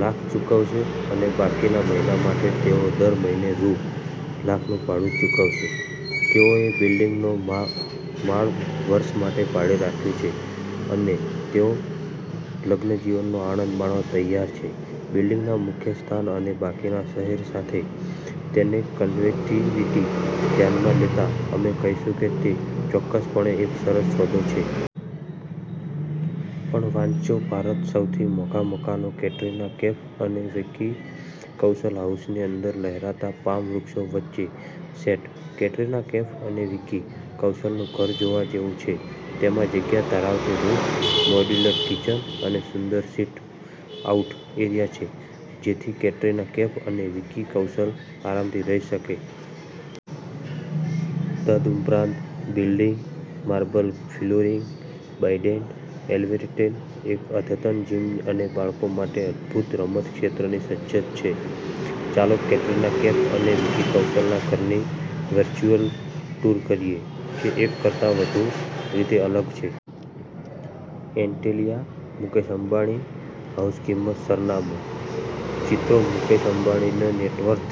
લાખ ચૂકવશે અને બાકીના મહિના માટે તેઓ દર મહિને રૂ. લાખનું ભાડું ચૂકવશે. તેઓએ બિલ્ડીંગનો મો માળ વર્ષ માટે ભાડે રાખ્યો છે અને તેઓ લગ્નજીવનનો આનંદ માણવા તૈયાર છે. બિલ્ડિંગના મુખ્ય સ્થાન અને બાકીના શહેર સાથે તેની કનેક્ટિવિટી ધ્યાનમાં લેતા, અમે કહીશું કે તે ચોક્કસપણે એક સરસ સોદો છે! પણ વાંચોભારતમાં સૌથી મોંઘા મકાનો કેટરિના કૈફ અને વિકી કૌશલ હાઉસની અંદર લહેરાતા પામ વૃક્ષો વચ્ચે સેટ, કેટરિના કૈફ અને વિકી કૌશલનું ઘર જોવા જેવું છે. તેમાં જગ્યા ધરાવતી રૂમ, મોડ્યુલર કિચન અને સુંદર સિટ-આઉટ એરિયા છે જેથી કેટરિના કૈફ અને વિકી કૌશલ આરામથી રહી શકે. તદુપરાંત, building marble flooring, branded elevators, એક અદ્યતન જિમ અને બાળકો માટે અદ્ભુત રમત ક્ષેત્રથી સજ્જ છે. ચાલો કેટરિના કૈફ અને વિકી કૌશલના ઘરની વર્ચ્યુઅલ ટૂર કરીએ, જે એક કરતાં વધુ રીતે અલગ છે. એન્ટિલિયા, મુકેશ અંબાણી હાઉસકિંમત, સરનામું, ચિત્રોમુકેશ અંબાણીની નેટવર્થ,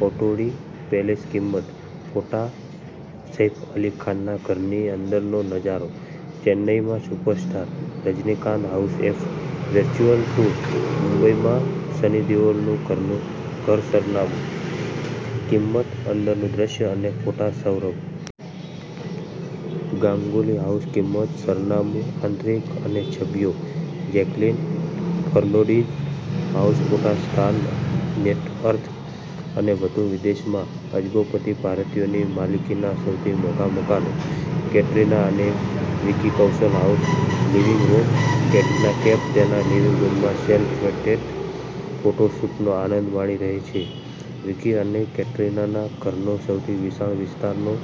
પટૌડી પેલેસકિંમત, ફોટા, સૈફ અલી ખાનના ઘરની અંદરનો નજારો, ચેન્નાઈમાં સુપરસ્ટાર રજનીકાંત હાઉસએક વર્ચ્યુઅલ ટૂર, મુંબઈમાં સની દેઓલનું ઘરસરનામું, કિંમત, અંદરનું દૃશ્ય અને ફોટા, સૌરવ ગાંગુલી હાઉસકિંમત, સરનામું, આંતરિક અને છબીઓ, જેકલીન ફર્નાન્ડીઝ હાઉસફોટા, સ્થાન, નેટ વર્થ અને વધુ, વિદેશમાં અબજોપતિ ભારતીયોની માલિકીના સૌથી મોંઘા મકાનો, કેટરિના અને Vicky Kaushal house living room Katrina Kaif તેના લિવિંગ રૂમમાં સેલ્ફ-પોટ્રેટ ફોટોશૂટનો આનંદ માણી રહી છે વિકી અને કેટરિનાના ઘરનો સૌથી વિશાળ વિસ્તારતેનો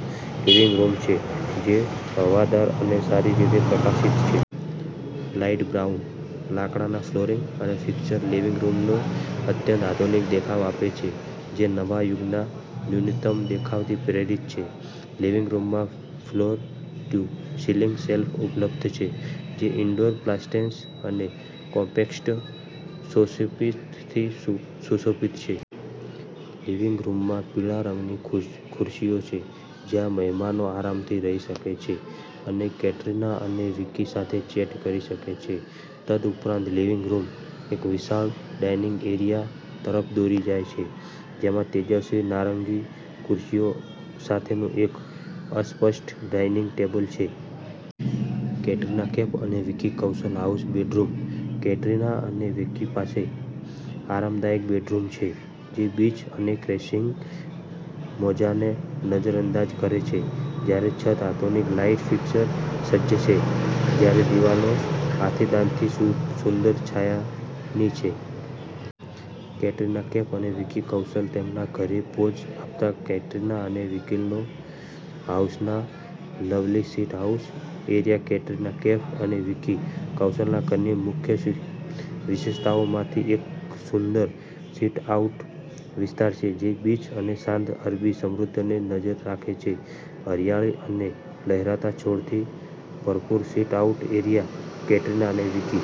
લિવિંગ રૂમ છે, જે હવાદાર અને સારી રીતે પ્રકાશિત છે. લાઈટ બ્રાઉન લાકડાના ફ્લોરિંગ અને ફિક્સર લિવિંગ રૂમને અત્યંત આધુનિક દેખાવ આપે છે, જે નવા યુગના ન્યૂનતમ દેખાવથી પ્રેરિત છે. લિવિંગ રૂમમાં ફ્લોર-ટુ-સીલિંગ શેલ્ફ ઉપલબ્ધ છે, જે ઇન્ડોર પ્લાન્ટ્સ અને કોમ્પેક્ટ શોપીસથી સુ સુશોભિત છે. લિવિંગ રૂમમાં પીળા રંગની ખુરશીઓ છે જ્યાં મહેમાનો આરામ કરી શકે છે અને કેટરિના અને વિકી સાથે ચેટ કરી શકે છે. તદુપરાંત, લિવિંગ રૂમ એક વિશાળ ડાઇનિંગ એરિયા તરફ દોરી જાય છે જેમાં તેજસ્વી નારંગી ખુરશીઓ સાથેનું એક અસ્પષ્ટ ડાઇનિંગ ટેબલ છે. કેટરીના કૈફ અને Vicky Kaushal house bedroom Katrina અને વિકી પાસે આરામદાયક બેડરૂમ છે જે બીચ અને ક્રેશિંગ મોજાને નજરઅંદાજ કરે છે. જ્યારે છત આધુનિક લાઇટ ફિક્સરથી સજ્જ છે, ત્યારે દિવાલો હાથીદાંતની સુંદર છાયાની છે. કેટરિના કૈફ અને વિકી કૌશલ તેમના ઘરે પોઝ આપતાં કેટરિના અને વિકીનો હાઉસમાં lovely sit out area Katrina Kaif અને વિકી કૌશલના ઘરની મુખ્ય વિશેષતાઓમાંની એકસુંદર સિટ-આઉટ વિસ્તાર છે જે બીચ અને શાંત અરબી સમુદ્રને નજર રાખે છે. હરિયાળી અને લહેરાતા છોડથી ભરપૂર, સિટ-આઉટ એરિયા કેટરીના અને વિકી